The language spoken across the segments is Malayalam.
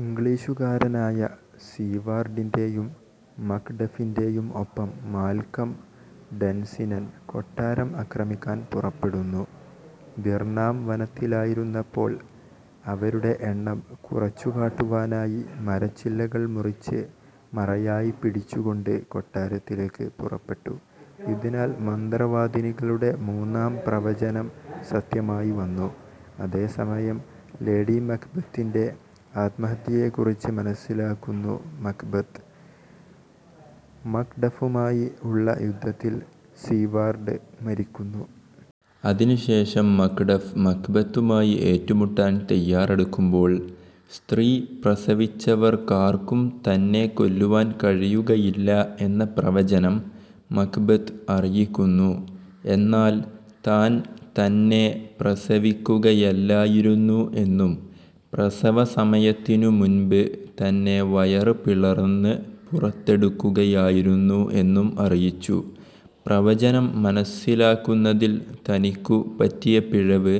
ഇംഗ്ലിഷുകാരനായ സീവാർഡിന്റെയും മക്ഡഫിന്റെയും ഒപ്പം മാൽക്കം ഡൻസിനൻ കൊട്ടാരം അക്രമിക്കാൻ പുറപ്പെടുന്നു. ബിർനാം വനത്തിലായിരുന്നപ്പോൾ അവരുടെ എണ്ണം കുറച്ചുകാട്ടുവാനായി മരച്ചില്ലികൾ മുറിച്ച് മറയായിപ്പിടിച്ചുകൊണ്ട് കൊട്ടാരത്തിലേക്ക് പുറപ്പെട്ടു. ഇതിനാൽ മന്ത്രവാദിനികളുടെ മൂന്നാം പ്രവചനം സത്യമായി വന്നു. അതേസമയം ലേഡി മക്ബെത്തിന്റെ ആത്മഹത്യയെക്കുറിച്ച് മനസ്സിലാക്കുന്നു മക്ബെത്. മക്ഡഫുമായി ഉള്ള യുദ്ധത്തിൽ സീവാർഡ് മരിക്കുന്നു. അതിനുശേഷം മക്ഡഫ് മക്ബെത്തുമായി ഏറ്റുമുട്ടാൻ തയ്യാറെടുക്കുമ്പോൾ സ്ത്രീ പ്രസവിച്ചവർക്കാർക്കും തന്നെ കൊല്ലുവാൻ കഴിയുകയില്ല എന്ന പ്രവചനം മക്ബെത്ത് അറിയിക്കുന്നു. എന്നാൽ താൻ തന്നെ പ്രസവിക്കുകയല്ലായിരുന്നു എന്നും, പ്രസവസമയത്തിനു മുൻപ് തന്നെ വയറ് പിളർന്ന് പുറത്തെടുക്കുകയായിരുന്നു എന്നും അറിയിച്ചു. പ്രവചനം മനസ്സിലാക്കുന്നതിൽ തനിക്കു പറ്റിയ പിഴവ്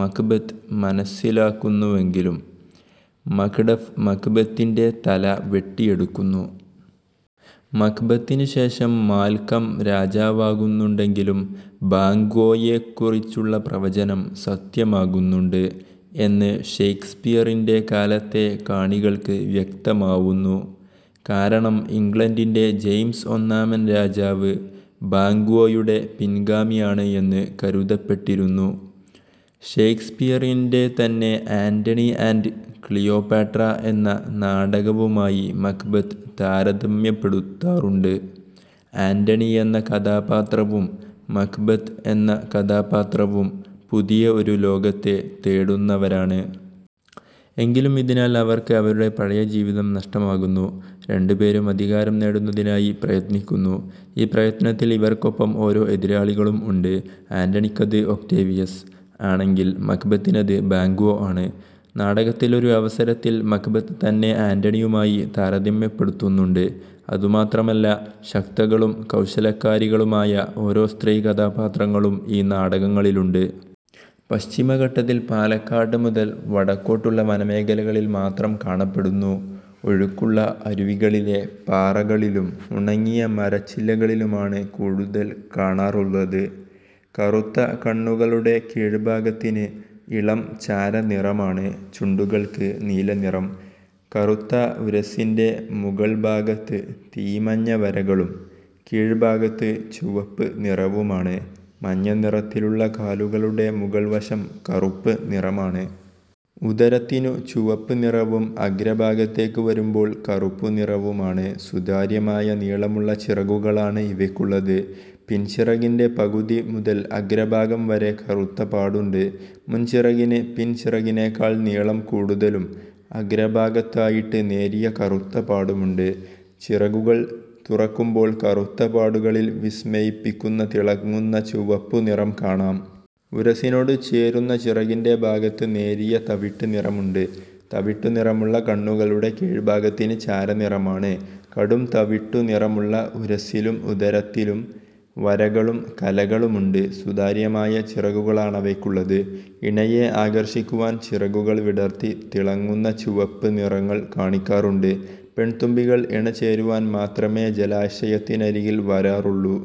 മക്ബെത്ത് മനസ്സിലാക്കുന്നുവെങ്കിലും മക്ഡഫ് മക്ബെത്തിന്റെ തല വെട്ടിയെടുക്കുന്നു. മക്ബെത്തിന് ശേഷം മാൽക്കം രാജാവാകുന്നുണ്ടെങ്കിലും ബാങ്ക്വോയെക്കുറിച്ചുള്ള പ്രവചനം സത്യമാകുന്നുണ്ട് എന്ന് ഷെയ്ക്സ്പിയറിന്റെ കാലത്തെ കാണികൾക്ക് വ്യക്തമാവുന്നു. കാരണം ഇംഗ്ലണ്ടിന്റെ ജെയിംസ് ഒന്നാമൻ രാജാവ് ബാങ്ക്വോയുടെ പിൻഗാമി ആണ് എന്ന് കരുതപ്പെട്ടിരിക്കുന്നു. ഷേക്സ്പിയറിന്റെ തന്നെ ആന്റണി ആന്റ് ക്ലിയോപാട്ര എന്ന നാടകവുമായി മക്ബെത്ത് താരതമ്യപ്പെടുത്താറൂണ്ട്. ആന്റണി എന്ന കഥാപാത്രവും മക്ബെത്ത് എന്ന കഥാപാത്രവും പുതിയ ഒരു ലോകത്തെ തേടുന്നവരാണ്. എങ്കിലും ഇതിനാൽ അവർക്ക് അവരുടെ പഴയ ജീവിതം നഷ്ടമാകുന്നു. രണ്ടുപേരും അധികാരം നേടുന്നതിനായി പ്രയത്നിക്കുന്നു. ഈ പ്രയത്നത്തിൽ ഇവർക്കൊപ്പം ഓരോ എതിരാളികളും ഉണ്ട്. അന്റണിക്കത് ഒക്ടേവിയസ് ആണെങ്കിൽ മക്ബെത്തിനത് ബാങ്ക്വോ ആണ്. നാടകത്തിലൊരു അവസരത്തിൽ മക്ബെത്ത് തന്നെ ആന്റണിയുമായി താരതമ്യപ്പെടുത്തുന്നുണ്ട്. അതുമാത്രമല്ല ശക്തകളും കൗശലക്കാരികളുമായ ഓരോ സ്ത്രീ കഥാപാത്രങ്ങലും ഈ നാടകങ്ങളിലുണ്ട്. പശ്ചിമഘട്ടത്തിൽ പാലക്കാട്ട് മുതൽ വടക്കോട്ടുള്ള വനമേഖലകളിൽ മാത്രം കാണപ്പെടുന്നു. ഒഴുക്കുള്ള അരുവികളിലെ പാറകളിലും ഉണങ്ങിയ മരച്ചില്ലകളിലുമാണ് കൂടുതൽ കാണാറുള്ളത്. കറുത്ത കണ്ണുകളുടെ കീഴ്ഭാഗത്തിന് ഇളം ചാരനിറമാണ്. ചുണ്ടുകൾക്ക് നീല നിറം. കറുത്ത ഉരസ്സിന്റെ മുകൾ ഭാഗത്ത് തീമഞ്ഞ വരകളും കീഴ്ഭാഗത്ത് ചുവപ്പ് നിറവുമാണ്. മഞ്ഞ നിറത്തിലുള്ള കാലുകളുടെ മുകൾ വശം കറുപ്പ് നിറമാണ്. ഉദരത്തിനു ചുവപ്പ് നിറവും അഗ്രഭാഗത്തേക്ക് വരുമ്പോൾ കറുപ്പു നിറവുമാണ്. സുതാര്യമായ നീളമുള്ള ചിറകുകളാണ് ഇവയ്ക്കുള്ളത്. പിൻ ചിറകിന്റെ പകുതി മുതൽ അഗ്രഭാഗം വരെ കറുത്ത പാടുണ്ട്. മുൻ ചിറകിന് പിൻ ചിറകിനേക്കാൾ നീളം കൂടുതലും അഗ്രഭാഗത്തായിട്ട് നേരിയ കറുത്ത പാടുമുണ്ട്. ചിറകുകൾ തുറക്കുമ്പോൾ കറുത്ത പാടുകളിൽ വിസ്മയിപ്പിക്കുന്ന തിളങ്ങുന്ന ചുവപ്പു നിറം കാണാം. ഉരസ്സിനോട് ചേരുന്ന ചിറകിന്റെ ഭാഗത്ത് നേരിയ തവിട്ട് നിറമുണ്ട്. തവിട്ടു നിറമുള്ള കണ്ണുകളുടെ കീഴ്ഭാഗത്തിന് ചാരനിറമാണ്. കടും തവിട്ടു നിറമുള്ള ഉരസ്സിലും ഉദരത്തിലും വരകളും കലകളുമുണ്ട്. സുതാര്യമായ ചിറകുകളാണിവയ്ക്കുള്ളത്. ഇണയെ ആകർഷിക്കുവാൻ ചിറകുകൾ വിടർത്തി തിളങ്ങുന്ന ചുവപ്പ് നിറങ്ങൾ കാണിക്കാറുണ്ട്. പെൺതുമ്പികൾ ഇണ ചേരുവാൻ മാത്രമേ ജലാശയത്തിനരികിൽ വരാറുള്ളു.